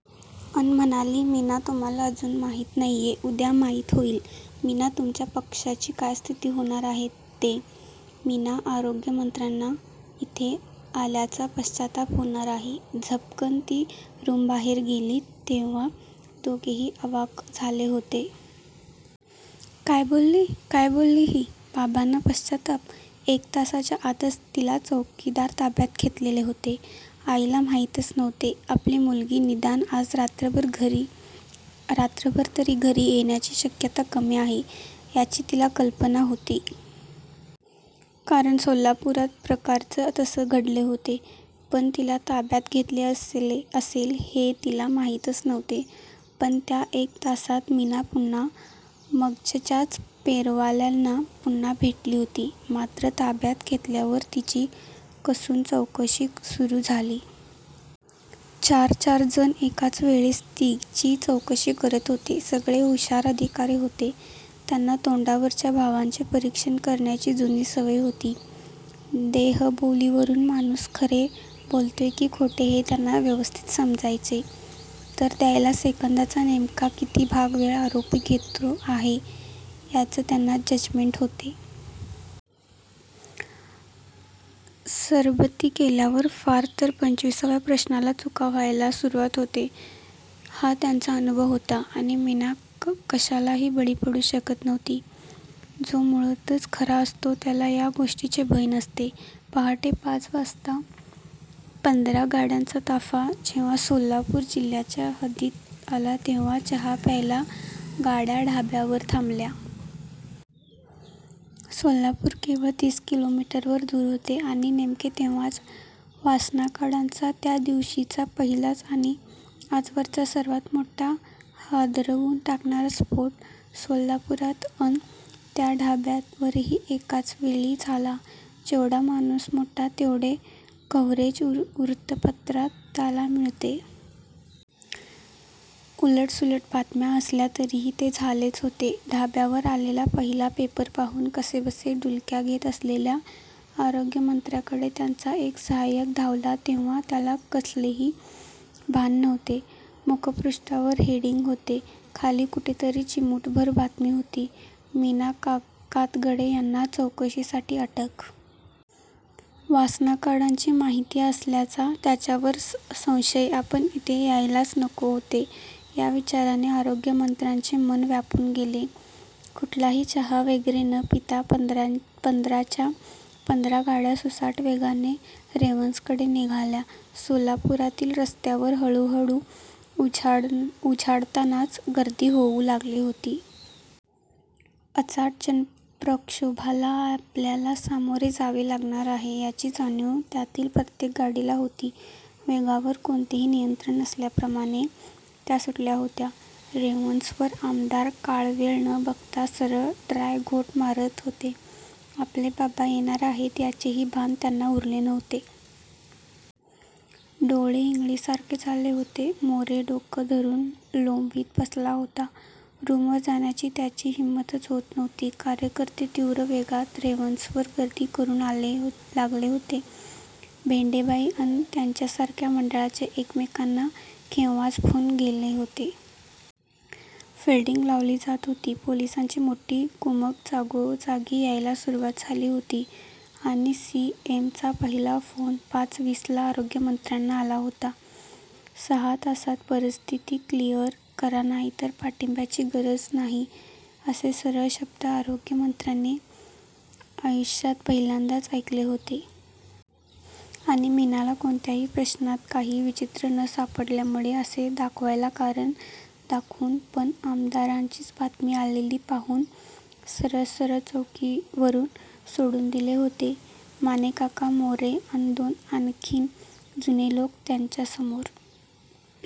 अन म्हणाली: मीना तुम्हाला अजून माहीत नाहीये. उद्या माहीत होईल. मीना तुमच्या पक्षाची काय स्थिती होणार आहे ते, मीना आरोग्यमंत्र्यांना. इथे आल्याचा पश्चात्ताप होणार आहे. झपकन ती रूमबाहेर गेली तेव्हा दोघेही अवाक झाले होते. काय बोलली? काय बोलली ही? बाबांना पश्चात्ताप? एक तासाच्या आतच तिला चौकीदार ताब्यात घेतलेले होते. आईला माहीतच नव्हते. आपली मुलगी निदान आज रात्रभर घरी रात्रभर तर घरी येण्याची शक्यता कमी आहे याची तिला कल्पना होती. कारण सोलापुरात प्रकारच तसे घडले होते. पण तिला ताब्यात घेतले असेल हे तिला माहीतच नव्हते. पण त्या एक तासात मीना पुन्हा मगाचच्याच पेरवाल्यांना पुन्हा भेटली होती. मात्र ताब्यात घेतल्यावर तिची कसून चौकशी सुरू झाली. चारचार जण एकाच वेळेस तिची चौकशी करत होते. सगळे हुषार अधिकारी होते. त्यांना तोंडावरच्या भावांचे परीक्षण करण्याची जुनी सवय होती. देहबोलीवरून माणूस खरे बोलतोय की खोटे हे त्यांना व्यवस्थित समजायचे. उत्तर द्यायला सेकंदाचा नेमका किती भाग वेळ आरोपी घेतो आहे याचे त्यांना जजमेंट होते. सरबत्ती केल्यावर फ़ार तर पंचविसाव्या प्रश्नाला चुका व्हायला सुरुवात होते हा त्यांचा अनुभव होता. आणि मीना कशालाही बळी पडू शकत नव्हती. जो मुळातच खरा असतो त्याला या गोष्टींचे भय नसते. पहाटे पाच वाजता पंधरा गाड्यांचा ताफ़ा जेव्हा सोलापूर जिल्ह्याच्या हद्दीत आला तेव्हा चहा प्यायला गाड्या ढाब्यावर थांबल्या. सोलापूर केवळ तीस किलोमीटरवर दूर होते. आणि नेमके तेव्हाच, वासनाकांडाचा त्या दिवशीचा पहिलाच आणि आजवरचा सर्वात मोठा हादरवून टाकणारा स्फ़ोट सोलापुरात अन त्या ढाब्यावरही एकाचवेळी झाला. जेवढा माणूस मोठा. तेवढे कव्हरेज वृत्तपत्रात त्याला मिळते. उलटसुलट बातम्या असल्या तरीही, ते झालेच होते. ढाब्यावर आलेला पहिला पेपर पाहून कसेबसे डुलक्या घेत असलेल्या आरोग्यमंत्र्यांकडे त्यांचा एक सहाय्यक धावला तेव्हा त्याला कसलेही भान नव्हते. मुखपृष्ठावर हेडिंग होते.खाली कुठेतरी चिमूटभर बातमी होती. मीना कातगडे यांना चौकशीसाठी अटक.. वासनाकांडाची माहिती असल्याचा त्यांच्यावर संशय आपण इथे यायलाच नको होते या विचाराने आरोग्यमंत्र्यांचे मन व्यापून गेले. कुठलाही चहा वगैरे न पिता पंधराच्या पंधरा गाड्या सुसाट वेगाने रेव्हन्सकडे निघाल्या. सोलापुरातील रस्त्यावर हळूहळू उजाडतानाच गर्दी होऊ लागली होती. अचाट जनप्रक्षोभाला आपल्याला सामोरे जावे लागणार आहे याची जाणीव त्यातील प्रत्येक गाडीला होती. वेगावर कोणतेही नियंत्रण नसल्याप्रमाणे त्या सुटल्या होत्या. रेव्हन्सवर आमदार काळवेळ न बघता सरळ ड्राय घोट मारत होते. आपले पापा येणार आहेत याचेही भान त्यांना उरले नव्हते. डोळे इंगळीसारखे झाले होते. मोरे डोकं धरून लॊबीत बसला होता. रूमवर जाण्याची त्याची हिंमतच होत नव्हती. कार्यकर्ते तीव्र वेगात रेव्हन्सवर गर्दी करू लागले होते. भेंडेबाई अन त्यांच्यासारख्या मंडळांचे एकमेकांना केव्हाच फ़ोन गेले होते. फ़िडींग लावली जात होती. पोलिसांची मोठी कुमक जागोजागी यायला सुरुवात झाली होती. आणि सी. एम. चा पहिला फ़ोन पाच वीसला आरोग्यमंत्र्यांना आला होता. सहा तासात परिस्थिती क्लीअर करा नाहीतर पाठिंब्याची गरज नाही असे सरळ शब्द आरोग्यमंत्र्यांनी आयुष्यात पहिल्यांदाच ऐकले होते. आणि मीनाला,'कोणत्याही प्रश्नात काहीही विचित्र न सापडल्यामुळे' असे दाखवायला कारण दाखवून पण आमदारांचीच बातमी आलेली पाहून सरळ-सरळ चौकीवरून सोडून दिले होते. मानेकाका, मोरे अन दोन आणखीन जुने लोक यांच्यासमोर.